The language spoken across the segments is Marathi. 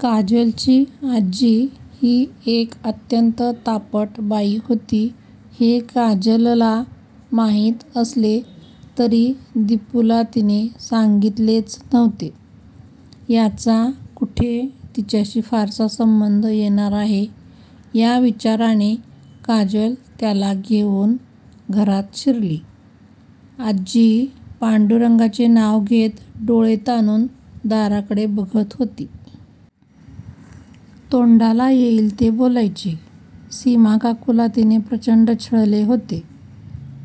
काजलची आजी ही एक अत्यंत तापट बाई होती हे काजलला माहीत असले तरी दिपूला तिने सांगीतलेच नव्हते. 'याचा कुठे तिच्याशी फारसा संबंध येणार आहे' या विचाराने काजल त्याला घेऊन घरात शिरली. आजी पांडुरंगाचे नाव घेत डोळे ताणून दाराकडे बघत होती. तोंडाला येईल ते बोलायची. सीमाकाकूला तिने प्रचंड छळले होते.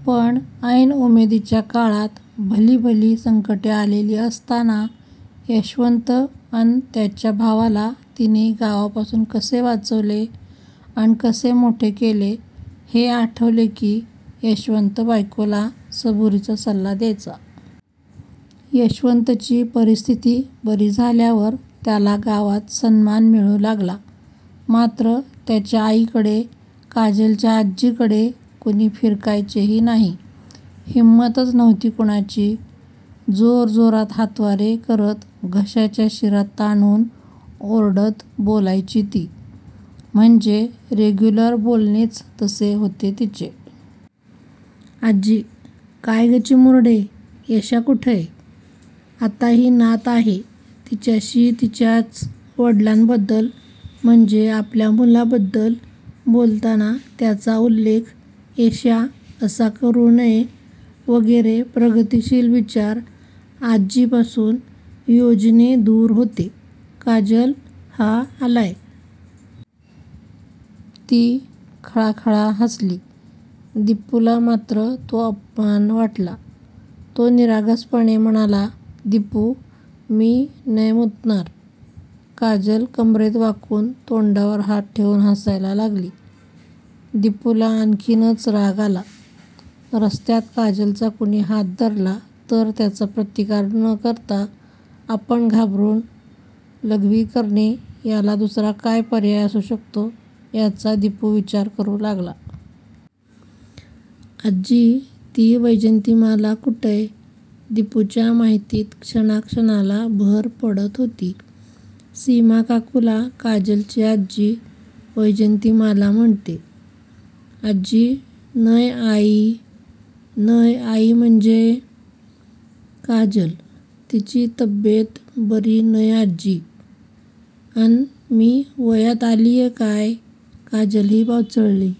पण ऐन उमेदीच्या काळात भलीभली संकटे आलेली असताना यशवंत अन त्याच्या भावाला तिने गावापासून कसे वाचवले अन कसे मोठे केले हे आठवले की यशवंत बायकोला सबुरीचा सल्ला द्यायचा. यशवंतची परिस्थिती बरी झाल्यावर त्याला गावात सन्मान मिळू लागला. मात्र त्याच्या आईकडे, काजलच्या आजीकडे कुणी फिरकायचेही नाही. हिम्मतच नव्हती कुणाची. जोरजोरात हातवारे करत घशाच्या शिरा ताणून ओरडत बोलायची ती! म्हणजे, रेग्युलर बोलणेच तसे होते तिचे! आजी काय गं चिमुरडे? येश्या कुठंय? आता ही नात आहे. तिच्याशी तिच्याच वडिलांबद्दल, म्हणजे आपल्या मुलाबद्दल बोलताना त्याचा उल्लेख 'येश्या' असा करू नये वगैरे प्रगतीशील विचार आजीपासून योजने दूर होते. काजल हा आलाय. ती खळाखळा हसली. दिपूला मात्र तो अपमान वाटला. तो निरागसपणे म्हणाला: दिपू मी नय मुतणार! काजल कंबरेत वाकून तोंडावर हात ठेवून हसायला लागली. दिपूला आणखीनच राग आला. रस्त्यात काजलचा कुणी हात धरला तर त्याचा प्रतिकार न करता आपण घाबरून लघ्वी करणे याला दुसरा काय पर्याय असू शकतो याचा दिपू विचार करू लागला. आजी ती वैजयंतीमाला कुटंय? दिपूच्या माहितीत क्षणाक्षणाला भर पडत होती. सीमाकाकूला काजलची आजी वैजयंतीमाला म्हणते. आजी नय आयी? नय आयी म्हणजे? काजल तिची तब्येत बरी नय आजी अन मी वयात आलीय काय? काजलही बावचळली.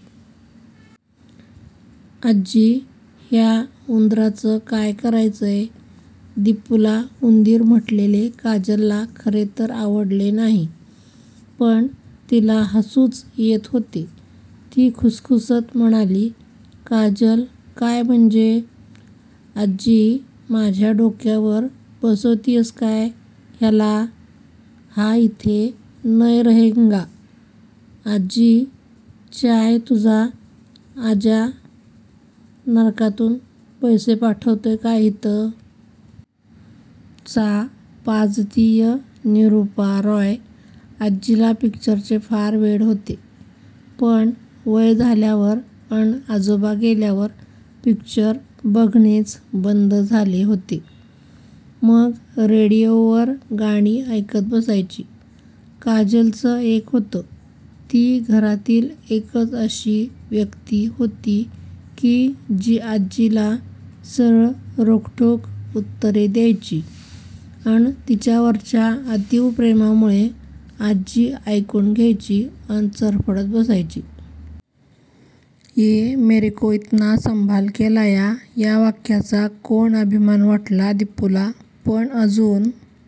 आजी ह्या उंदराचं काय करायचंय? दिपूला उंदीर म्हंटलेले काजलला खरे तर आवडले नाही, पण तिला हसूच येत होते. ती खुसखुसत म्हणाली: काजल काय म्हंजे? आजी माझ्या डोक्यावर बसवतीयस का ह्याला? हा इथे नय रहेंगा, आजी चाय तुझा आजा नरकातून पैसे पाठवतोय काय हितं? चा पाजतीय निरूपा रॉय, आजीला पिक्चरचे फार वेड होते. पण वय झाल्यावर अन आजोबा गेल्यावर पिक्चर बघणेच बंद झाले होते. मग रेडिओवर गाणी ऐकत बसायची. काजलचं एक होतं. ती घरातील एकच अशी व्यक्ती होती की जी आजीला सरळ रोखठोक उत्तरे द्यायची अन तिच्यावरच्या अतीव प्रेमामुळे आजी ऐकून घ्यायची अन चरफडत बसायची. 'ये मेरेको इतना संभालके लाया' या वाक्याचा कोण अभिमान वाटला दिपूला. पण अजून--